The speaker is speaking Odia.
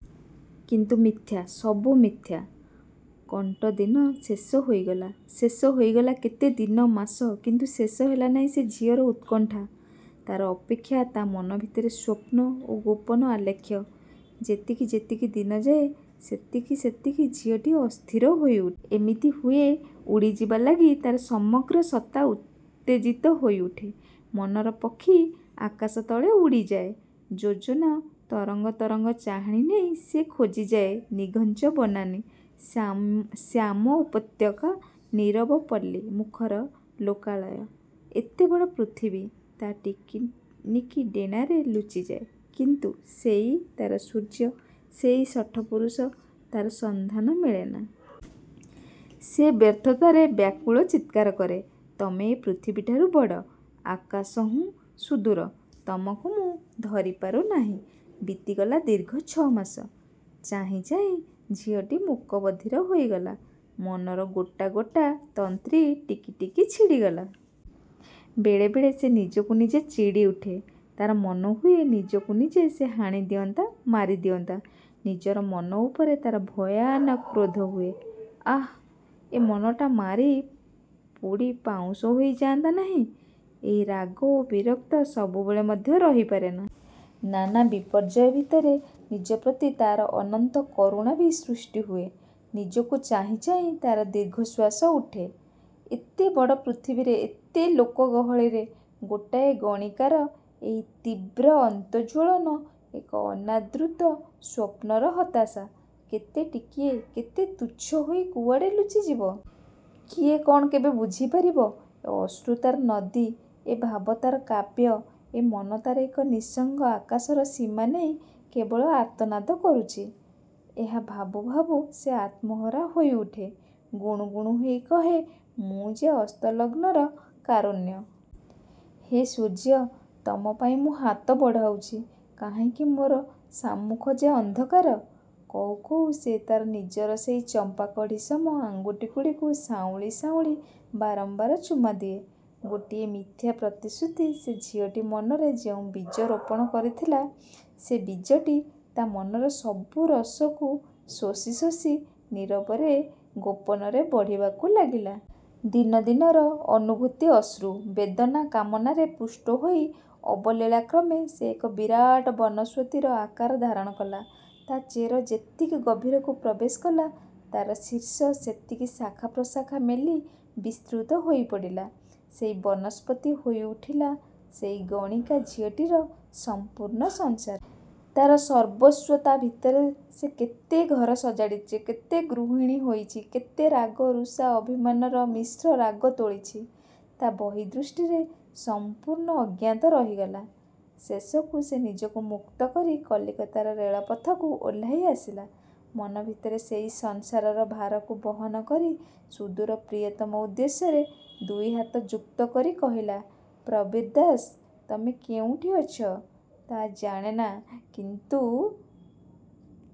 କିନ୍ତୁ ମିଥ୍ୟା, ସବୁ ମିଥ୍ୟା? କଣ୍ଟ ଦିନ ଶେଷ ହୋଇଗଲା। ଶେଷ ହୋଇଗଲା କେତେ ଦିନ, ମାସ କିନ୍ତୁ ଶେଷ ହେଲା ନାହିଁ ସେ ଝିଅର ଉତ୍କଣ୍ଠା, ତାର ଅପେକ୍ଷା, ତା ମନ ଭିତରେ ସ୍ଵପ୍ନ ଓ ଗୋପନ ଆଲେଖ୍ୟ। ଯେତିକି ଯେତିକି ଦିନ ଯାଏ ସେତିକି ସେତିକି ଝିଅଟି ଅସ୍ଥିର ହୋଇ ଉଠେ। ଏମିତି ହୁଏ, ଉଡ଼ିଯିବାଲାଗି ତାର ସମଗ୍ର ସତ୍ତା ଉତ୍ତେଜିତ ହୋଇ ଉଠେ। ମନର ପକ୍ଷୀ ଆକାଶ ତଳେ ଉଡ଼ିଯାଏ ଯୋଜନ ତରଙ୍ଗ ତରଙ୍ଗ ଚାହାଣି ନେଇ ସେ ଖୋଜିଯାଏ ନିଘଞ୍ଚ ବନାନୀ, ଶ୍ୟାମ ଉପତ୍ୟକା, ନୀରବ ପଲ୍ଲୀ, ମୁଖର ଲୋକାଳୟ। ଏତେବଡ଼ ପୃଥିବୀ ତା ଟିକିନିକି ଡେଣାରେ ଲୁଚିଯାଏ କିନ୍ତୁ ସେଇ ତାର ସୂର୍ଯ୍ୟ, ସେହି ଶଠ ପୂରୁଷ, ତାର ସନ୍ଧାନ ମିଳେନା। ସେ ବ୍ୟର୍ଥତାରେ ବ୍ୟାକୁଳ ଚିତ୍କାର କରେ। ତମେ ଏ ପୃଥିବୀଠାରୁ ବଡ଼, ଆକାଶ ହୁଁ ସୁଦୂର। ତମକୁ ମୁଁ ଧରି ପାରୁ ନାହିଁ । ବିତିଗଲା ଦୀର୍ଘ ଛ ମାସ। ଚାହିଁ ଚାହିଁ ଝିଅଟି ମୁକ ବଧିର ହୋଇଗଲା। ମନର ଗୋଟା ଗୋଟା ତନ୍ତ୍ରୀ ଟିକି ଟିକି ଛିଡ଼ିଗଲା। ବେଳେ ବେଳେ ସେ ନିଜକୁ ନିଜେ ଚିଡ଼ି ଉଠେ। ତାର ମନ ହୁଏ ନିଜକୁ ନିଜେ ସେ ହାଣିଦିଅନ୍ତା, ମାରିଦିଅନ୍ତା। ନିଜର ମନ ଉପରେ ତାର ଭୟାନକ କ୍ରୋଧ ହୁଏ, ଆଃ ଏ ମନଟା ମାରି ପୋଡ଼ି ପାଉଁଶ ହୋଇ ଯାଆନ୍ତା ନାହିଁ? ଏହି ରାଗ ଓ ବିରକ୍ତ ସବୁବେଳେ ମଧ୍ୟ ରହି ପାରେନା। ନାନା ବିପର୍ଯ୍ୟୟ ଭିତରେ ନିଜପ୍ରତି ତାର ଅନନ୍ତ କରୁଣା ବି ସୃଷ୍ଟି ହୁଏ। ନିଜକୁ ଚାହିଁ ଚାହିଁ ତାର ଦୀର୍ଘଶ୍ଵାସ ଉଠେ। ଏତେ ବଡ଼ ପୃଥିବୀରେ ଏତେ ଲୋକ ଗହଳିରେ, ଗୋଟାଏ ଗଣିକାର ଏହି ତୀବ୍ର ଅନ୍ତର୍ଜ୍ୱଳନ ଏକ ଅନାଦୃତ ସ୍ୱପ୍ନର ହତାଶା। କେତେ ଟିକିଏ, କେତେ ତୁଚ୍ଛ ହୋଇ କୁଆଡ଼େ ଲୁଚିଯିବ। କିଏ କଣ କେବେ ବୁଝି ପାରିବ, ଏ ଅଶ୍ରୁ, ତାର ନଦୀ। ଏ ଭାବ ତାର କାବ୍ୟ, ଏ ମନ ତାର ଏକ ନିଃସଙ୍ଗ ଆକାଶର ସୀମା ନେଇ କେବଳ ଆର୍ତ୍ତନାଦ କରୁଛି? ଏହା ଭାବୁ ଭାବୁ ସେ ଆତ୍ମହରା ହୋଇଉଠେ। ଗୁଣୁ ଗୁଣୁ ହୋଇ କହେ, ମୁଁ ଯେ ଅସ୍ତ ଲଗ୍ନର କାରୁଣ୍ୟ । ହେ ସୂର୍ଯ୍ୟ, ତମପାଇଁ ମୁଁ ହାତ ବଢ଼ାଉଛି କାହିଁକି ମୋର ସାମ୍ମୁଖ ଯେ ଅନ୍ଧକାର। କହୁ କହୁ ସେ ତାର ନିଜର ସେହି ଚମ୍ପାକଢ଼ି ସମ ଆଙ୍ଗୁଠିଗୁଡ଼ିକୁ ସାଉଁଳି ସାଉଁଳି ବାରମ୍ବାର ଚୁମା ଦିଏ । ଗୋଟିଏ ମିଥ୍ୟା ପ୍ରତିଶ୍ରୁତି ସେ ଝିଅଟି ମନରେ ଯେଉଁ ବୀଜ ରୋପଣ କରିଥିଲା, ସେ ବୀଜଟି ତା ମନର ସବୁ ରସକୁ ଶୋଷି ଶୋଷି ନୀରବରେ, ଗୋପନରେ ବଢ଼ିବାକୁ ଲାଗିଲା। ଦିନଦିନର ଅନୁଭୂତି ଅଶ୍ରୁ, ବେଦନା କାମନାରେ ପୁଷ୍ଟହୋଇ ଅବଲୀଳାକ୍ରମେ ସେ ଏକ ବିରାଟ ବନସ୍ଵତିର ଆକାର ଧାରଣ କଲା। ତା ଚେର ଯେତିକି ଗଭୀରକୁ ପ୍ରବେଶ କଲା ତାର ଶୀର୍ଷ ସେତିକି ଶାଖା, ପ୍ରଶାଖା ମେଲି ବିସୃତ ହୋଇ ପଡ଼ିଲା। ସେଇ ବନସ୍ପତି ହୋଇ ଉଠିଲା, ସେଇ ଗଣିକା ଝିଅଟିର ସମ୍ପୂର୍ଣ୍ଣ ସଂସାର। ତାର ସର୍ବସ୍ଵ, ତା ଭିତରେ ସେ କେତେଘର ସଜାଡ଼ିଛି କେତେ ଗୃହିଣୀ ହୋଇଛି କେତେ ରାଗ ରୁଷା, ଅଭିମାନର ମିଶ୍ରରାଗ ତୋଳିଛି ତା ବହି ଦୃଷ୍ଟିରେ ସମ୍ପୂର୍ଣ୍ଣ ଅଜ୍ଞାତ ରହିଗଲା। ଶେଷକୁ ସେ ନିଜକୁ ମୁକ୍ତ କରି କଲିକତାର ରେଳପଥକୁ ଓହ୍ଲାଇ ଆସିଲା। ମନ ଭିତରେ ସେଇ ସଂସାରର ଭାରକୁ ବହନ କରି ସୁଦୂର ପ୍ରିୟତମ ଉଦ୍ଦେଶ୍ୟରେ ଦୁଇ ହାତ ଯୁକ୍ତକରି କହିଲା, ପ୍ରବୀର ଦାସ। ତମେ କେଉଁଠି ଅଛ ତା ଜଣେ ନା କିନ୍ତୁ